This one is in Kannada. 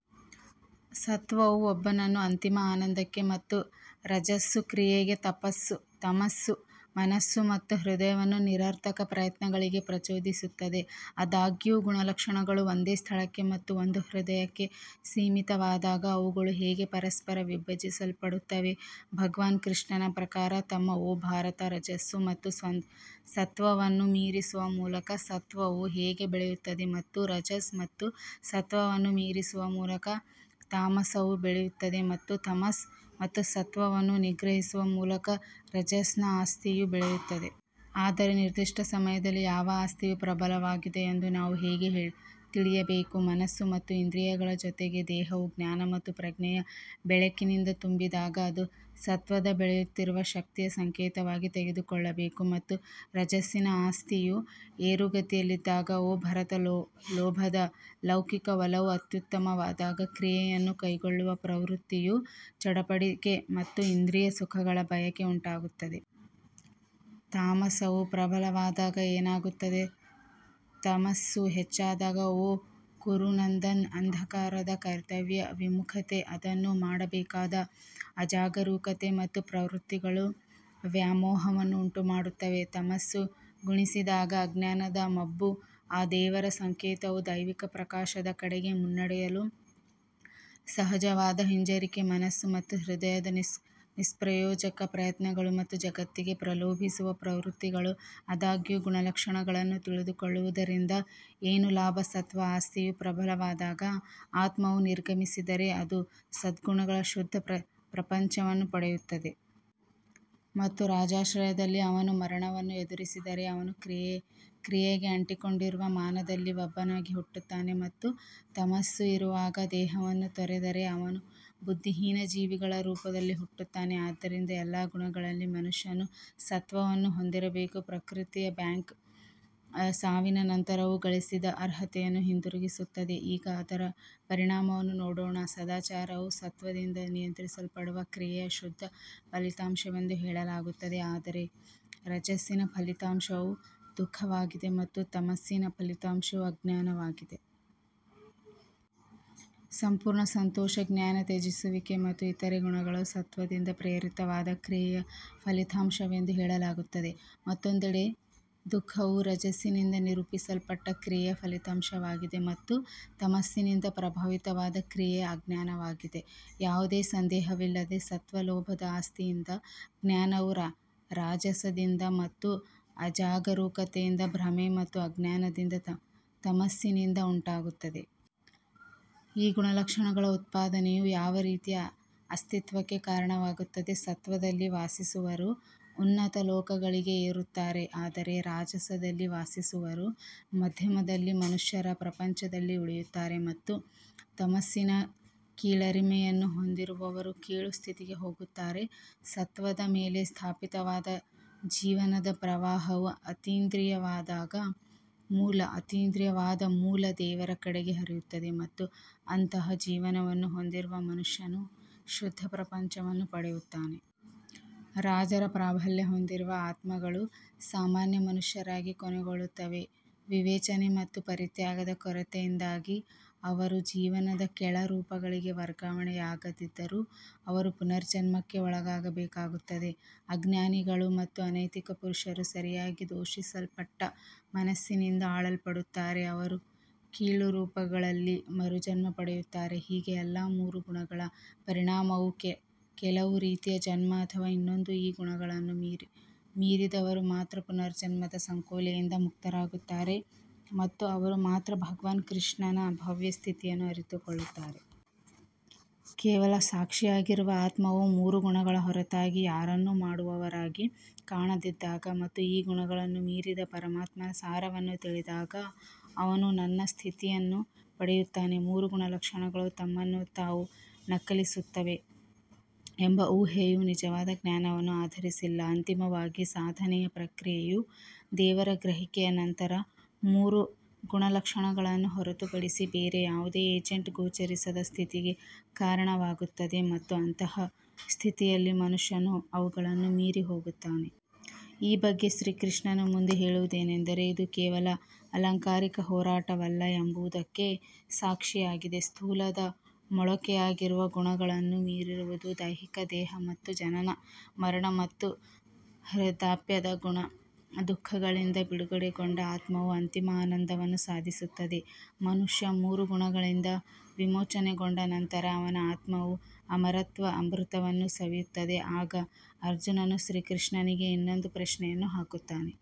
ಸತ್ವವು ಒಬ್ಬನನ್ನು ಅಂತಿಮ ಆನಂದಕ್ಕೆ ಮತ್ತು ರಜಸ್ಸು ಕ್ರಿಯೆಗೆ ತಮಸ್ಸು ಮನಸ್ಸು ಮತ್ತು ಹೃದಯವನ್ನು ನಿರರ್ಥಕ ಪ್ರಯತ್ನಗಳಿಗೆ ಪ್ರಚೋದಿಸುತ್ತದೆ. ಆದಾಗ್ಯೂ ಗುಣಲಕ್ಷಣಗಳು ಒಂದೇ ಸ್ಥಳಕ್ಕೆ ಮತ್ತು ಒಂದು ಹೃದಯಕ್ಕೆ ಸೀಮಿತವಾದಾಗ ಅವುಗಳು ಹೇಗೆ ಪರಸ್ಪರ ವಿಭಜಿಸಲ್ಪಡುತ್ತವೆ ಭಗವಾನ್ ಕೃಷ್ಣನ ಪ್ರಕಾರ ಮತ್ತು ಓ ಭಾರತಾ, ರಜಸ್ಸು ಮತ್ತು ಸತ್ವವನ್ನು ಮೀರಿಸುವ ಮೂಲಕ ಸತ್ವವು ಹೇಗೆ ಬೆಳೆಯುತ್ತದೆ ಮತ್ತು ರಜಸ್ ಮತ್ತು ಸತ್ವವನ್ನು ಮೀರಿಸುವ ಮೂಲಕ ತಾಮಸವು ಬೆಳೆಯುತ್ತದೆ ಮತ್ತು ತಮಸ್ ಮತ್ತು ಸತ್ವವನ್ನು ನಿಗ್ರಹಿಸುವ ಮೂಲಕ ರಜಸ್ನ ಆಸ್ತಿಯು ಬೆಳೆಯುತ್ತದೆ. ಆದರೆ ನಿರ್ದಿಷ್ಟ ಸಮಯದಲ್ಲಿ ಯಾವ ಆಸ್ತಿಯು ಪ್ರಬಲವಾಗಿದೆ ಎಂದು ನಾವು ಹೇಗೆ ತಿಳಿಯಬೇಕು ಮನಸ್ಸು ಮತ್ತು ಇಂದ್ರಿಯಗಳ ಜೊತೆಗೆ ದೇಹವು ಜ್ಞಾನ ಮತ್ತು ಪ್ರಜ್ಞೆಯ ಬೆಳಕಿನಿಂದ ತುಂಬಿದಾಗ ಅದು ಸತ್ವದ ಬೆಳೆಯುತ್ತಿರುವ ಶಕ್ತಿಯ ಸಂಕೇತವಾಗಿ ತೆಗೆದುಕೊಳ್ಳಬೇಕು. ಮತ್ತು ರಜಸ್ಸಿನ ಆಸ್ತಿಯು ಏರುಗತಿಯಲ್ಲಿದ್ದಾಗ ಓ ಭರತ ಲೋಭದ ಲೌಕಿಕ ಒಲವು ಅತ್ಯುತ್ತಮವಾದಾಗ ಕ್ರಿಯೆಯನ್ನು ಕೈಗೊಳ್ಳುವ ಪ್ರವೃತ್ತಿಯು ಚಡಪಡಿಕೆ ಮತ್ತು ಇಂದ್ರಿಯ ಸುಖಗಳ ಬಯಕೆ ಉಂಟಾಗುತ್ತದೆ. ತಾಮಸವು ಪ್ರಬಲವಾದಾಗ ಏನಾಗುತ್ತದೆ ತಮಸ್ಸು ಹೆಚ್ಚಾದಾಗ ಓ ಕುರುನಂದನ್ ಅಂಧಕಾರದ ಕರ್ತವ್ಯದ ವಿಮುಖತೆ, ಅದನ್ನು ಮಾಡಬೇಕಾದ ಅಜಾಗರೂಕತೆ ಮತ್ತು ಪ್ರವೃತ್ತಿಗಳು ವ್ಯಾಮೋಹವನ್ನು ಉಂಟುಮಾಡುತ್ತವೆ. ತಮಸ್ಸು ಗುಣಿಸಿದಾಗ ಅಜ್ಞಾನದ ಮಬ್ಬು ಅ ದೇವರ ಸಂಕೇತವು ದೈವಿಕ ಪ್ರಕಾಶದ ಕಡೆಗೆ ಮುನ್ನಡೆಯಲು ಸಹಜವಾದ ಹಿಂಜರಿಕೆ, ಮನಸ್ಸು ಮತ್ತು ಹೃದಯದ ನಿಷ್ಪ್ರಯೋಜಕ ಪ್ರಯತ್ನಗಳು ಮತ್ತು ಜಗತ್ತಿಗೆ ಪ್ರಲೋಭಿಸುವ ಪ್ರವೃತ್ತಿಗಳು ಆದಾಗ್ಯೂ ಗುಣಲಕ್ಷಣಗಳನ್ನು ತಿಳಿದುಕೊಳ್ಳುವುದರಿಂದ ಏನು ಲಾಭ ಸತ್ತ್ವದ ಆಸ್ತಿಯು ಪ್ರಬಲವಾದಾಗ ಆತ್ಮವು ನಿರ್ಗಮಿಸಿದರೆ ಅದು ಸದ್ಗುಣಗಳ ಶುದ್ಧ ಪ್ರಪಂಚವನ್ನು ಪಡೆಯುತ್ತದೆ. ಮತ್ತು ರಾಜಾಶ್ರಯದಲ್ಲಿ ಅವನು ಮರಣವನ್ನು ಎದುರಿಸಿದರೆ ಅವನು ಕ್ರಿಯೆಗೆ ಅಂಟಿಕೊಂಡಿರುವ ಮಾನವರಲ್ಲಿ ಒಬ್ಬನಾಗಿ ಹುಟ್ಟುತ್ತಾನೆ ಮತ್ತು ತಮಸ್ಸು ಇರುವಾಗ ದೇಹವನ್ನು ತೊರೆದರೆ ಅವನು ಬುದ್ಧಿಹೀನ ಜೀವಿಗಳ ರೂಪದಲ್ಲಿ ಹುಟ್ಟುತ್ತಾನೆ. ಆದ್ದರಿಂದ ಎಲ್ಲಾ ಗುಣಗಳಲ್ಲಿ ಮನುಷ್ಯನು ಸತ್ವವನ್ನು ಹೊಂದಿರಬೇಕು ಪ್ರಕೃತಿಯ ಬ್ಯಾಂಕ್ ಸಾವಿನ ನಂತರವೂ ಗಳಿಸಿದ ಅರ್ಹತೆಯನ್ನು ಹಿಂದಿರುಗಿಸುತ್ತದೆ ಈಗ ಅದರ ಪರಿಣಾಮವನ್ನು ನೋಡೋಣ ಸದಾಚಾರವು ಸತ್ತ್ವದಿಂದ ನಿಯಂತ್ರಿಸಲ್ಪಡುವ ಕ್ರಿಯೆಯ ಶುದ್ಧ ಫಲಿತಾಂಶವೆಂದು ಹೇಳಲಾಗುತ್ತದೆ ಆದರೆ ರಜಸ್ಸಿನ ಫಲಿತಾಂಶವು ದುಃಖವಾಗಿದೆ ಮತ್ತು ತಮಸ್ಸಿನ ಫಲಿತಾಂಶವು ಅಜ್ಞಾನವಾಗಿದೆ. ಸಂಪೂರ್ಣ ಸಂತೋಷ ಜ್ಞಾನ ತ್ಯಜಿಸುವಿಕೆ ಮತ್ತು ಇತರ ಗುಣಗಳು ಸತ್ವದಿಂದ ಪ್ರೇರಿತವಾದ ಕ್ರಿಯೆಯ ಫಲಿತಾಂಶವೆಂದು ಹೇಳಲಾಗುತ್ತದೆ. ಮತ್ತೊಂದೆಡೆ ದುಃಖವು ರಜಸ್ಸಿನಿಂದ ನಿರೂಪಿಸಲ್ಪಟ್ಟ ಕ್ರಿಯೆಯ ಫಲಿತಾಂಶವಾಗಿದೆ ಮತ್ತು ತಮಸ್ಸಿನಿಂದ ಪ್ರಭಾವಿತವಾದ ಕ್ರಿಯೆಯ ಅಜ್ಞಾನವಾಗಿದೆ. ಯಾವುದೇ ಸಂದೇಹವಿಲ್ಲದೆ ಸತ್ತ್ವ ಲೋಭದ ಆಸ್ತಿಯಿಂದ ಜ್ಞಾನವು ರಾಜಸದಿಂದ ಮತ್ತು ಅಜಾಗರೂಕತೆಯಿಂದ ಭ್ರಮೆ ಮತ್ತು ಅಜ್ಞಾನದಿಂದ ತಮಸ್ಸಿನಿಂದ ಉಂಟಾಗುತ್ತದೆ. ಈ ಗುಣಲಕ್ಷಣಗಳ ಉತ್ಪಾದನೆಯು ಯಾವ ರೀತಿಯ ಅಸ್ತಿತ್ವಕ್ಕೆ ಕಾರಣವಾಗುತ್ತದೆ ಸತ್ತ್ವದಲ್ಲಿ ವಾಸಿಸುವವರು ಉನ್ನತ ಲೋಕಗಳಿಗೆ ಏರುತ್ತಾರೆ ಆದರೆ ರಾಜಸದಲ್ಲಿ ವಾಸಿಸುವವರು ಮಧ್ಯದಲ್ಲಿ ಮನುಷ್ಯರ ಪ್ರಪಂಚದಲ್ಲಿ ಉಳಿಯುತ್ತಾರೆ ಮತ್ತು ತಮಸ್ಸಿನ ಕೀಳರಿಮೆಯನ್ನು ಹೊಂದಿರುವವರು ಕೀಳು ಸ್ಥಿತಿಗೆ ಹೋಗುತ್ತಾರೆ. ಸತ್ವದ ಮೇಲೆ ಸ್ಥಾಪಿತವಾದ ಜೀವನದ ಪ್ರವಾಹವು ಅತೀಂದ್ರಿಯವಾದ ಮೂಲ ದೇವರ ಕಡೆಗೆ ಹರಿಯುತ್ತದೆ ಮತ್ತು ಅಂತಹ ಜೀವನವನ್ನು ಹೊಂದಿರುವ ಮನುಷ್ಯನು ಶುದ್ಧ ಪ್ರಪಂಚವನ್ನು ಪಡೆಯುತ್ತಾನೆ. ರಾಜರ ಪ್ರಾಬಲ್ಯ ಹೊಂದಿರುವ ಆತ್ಮಗಳು ಸಾಮಾನ್ಯ ಮನುಷ್ಯರಾಗಿ ಕೊನೆಗೊಳ್ಳುತ್ತವೆ ವಿವೇಚನೆ ಮತ್ತು ಪರಿತ್ಯಾಗದ ಕೊರತೆಯಿಂದಾಗಿ ಅವರು ಜೀವನದ ಕೆಳ ರೂಪಗಳಿಗೆ ವರ್ಗಾವಣೆಯಾಗದಿದ್ದರೂ ಅವರು ಪುನರ್ಜನ್ಮಕ್ಕೆ ಒಳಗಾಗಬೇಕಾಗುತ್ತದೆ ಅಜ್ಞಾನಿಗಳು ಮತ್ತು ಅನೈತಿಕ ಪುರುಷರು ಸರಿಯಾಗಿ ದೂಷಿಸಲ್ಪಟ್ಟ ತಮಸ್ಸಿನಿಂದ ಆಳಲ್ಪಡುತ್ತಾರೆ ಅವರು ಕೀಳು ರೂಪಗಳಲ್ಲಿ ಮರುಜನ್ಮ ಪಡೆಯುತ್ತಾರೆ. ಹೀಗೆ ಎಲ್ಲಾ ಮೂರು ಗುಣಗಳ ಪರಿಣಾಮವು ಕೆಲವು ರೀತಿಯ ಜನ್ಮ ಅಥವಾ ಇನ್ನೊಂದು ಈ ಗುಣಗಳನ್ನು ಮೀರಿದವರು ಮಾತ್ರ ಪುನರ್ಜನ್ಮದ ಸಂಕೋಲೆಯಿಂದ ಮುಕ್ತರಾಗುತ್ತಾರೆ ಮತ್ತು ಅವರು ಮಾತ್ರ ಭಗವಾನ್ ಕೃಷ್ಣನ ಭವ್ಯ ಸ್ಥಿತಿಯನ್ನು ಅರಿತುಕೊಳ್ಳುತ್ತಾರೆ. ಕೇವಲ ಸಾಕ್ಷಿಯಾಗಿರುವ ಆತ್ಮವು ಮೂರು ಗುಣಗಳ ಹೊರತಾಗಿ ಯಾರನ್ನೂ ಮಾಡುವವರಾಗಿ ಕಾಣದಿದ್ದಾಗ ಮತ್ತು ಈ ಗುಣಗಳನ್ನು ಮೀರಿದ ಪರಮಾತ್ಮನ ಸಾರವನ್ನು ತಿಳಿದಾಗ ಅವನು ನನ್ನ ಸ್ಥಿತಿಯನ್ನು ಪಡೆಯುತ್ತಾನೆ. ಮೂರು ಗುಣಲಕ್ಷಣಗಳು ತಮ್ಮನ್ನು ತಾವು ನಕಲಿಸುತ್ತವೆ ಎಂಬ ಊಹೆಯು ನಿಜವಾದ ಜ್ಞಾನವನ್ನು ಆಧರಿಸಿಲ್ಲ ಅಂತಿಮವಾಗಿ ಸಾಧನೆಯ ಪ್ರಕ್ರಿಯೆಯು ದೇವರ ಗ್ರಹಿಕೆಯ ನಂತರ ಮೂರು ಗುಣಲಕ್ಷಣಗಳನ್ನು ಹೊರತುಪಡಿಸಿ ಬೇರೆ ಯಾವುದೇ ಏಜೆಂಟ್ ಗೋಚರಿಸದ ಸ್ಥಿತಿಗೆ ಕಾರಣವಾಗುತ್ತದೆ ಮತ್ತು ಅಂತಹ ಸ್ಥಿತಿಯಲ್ಲಿ ಮನುಷ್ಯನು ಅವುಗಳನ್ನು ಮೀರಿ ಹೋಗುತ್ತಾನೆ. ಈ ಬಗ್ಗೆ ಶ್ರೀಕೃಷ್ಣನು ಮುಂದೆ ಹೇಳುವುದೇನೆಂದರೆ ಇದು ಕೇವಲ ಅಲಂಕಾರಿಕ ಹಾರಾಟವಲ್ಲ ಎಂಬುದಕ್ಕೆ ಸಾಕ್ಷಿಯಾಗಿದೆ ಸ್ಥೂಲದ ಮೊಳಕೆಯಾಗಿರುವ ಗುಣಗಳನ್ನು ಮೀರುವುದು ದೈಹಿಕ ದೇಹ ಮತ್ತು ಜನನ ಮರಣ ಮತ್ತು ವೃದ್ಧಾಪ್ಯದ ದುಃಖಗಳಿಂದ ಬಿಡುಗಡೆಗೊಂಡ ಆತ್ಮವು ಅಂತಿಮ ಆನಂದವನ್ನು ಸಾಧಿಸುತ್ತದೆ ಮನುಷ್ಯ ಮೂರು ಗುಣಗಳಿಂದ ವಿಮೋಚನೆಗೊಂಡ ನಂತರ ಅವನ ಆತ್ಮವು ಅಮರತ್ವದ ಅಮೃತವನ್ನು ಸವಿಯುತ್ತದೆ ಆಗ ಅರ್ಜುನನು ಶ್ರೀಕೃಷ್ಣನಿಗೆ ಇನ್ನೊಂದು ಪ್ರಶ್ನೆಯನ್ನು ಹಾಕುತ್ತಾನೆ.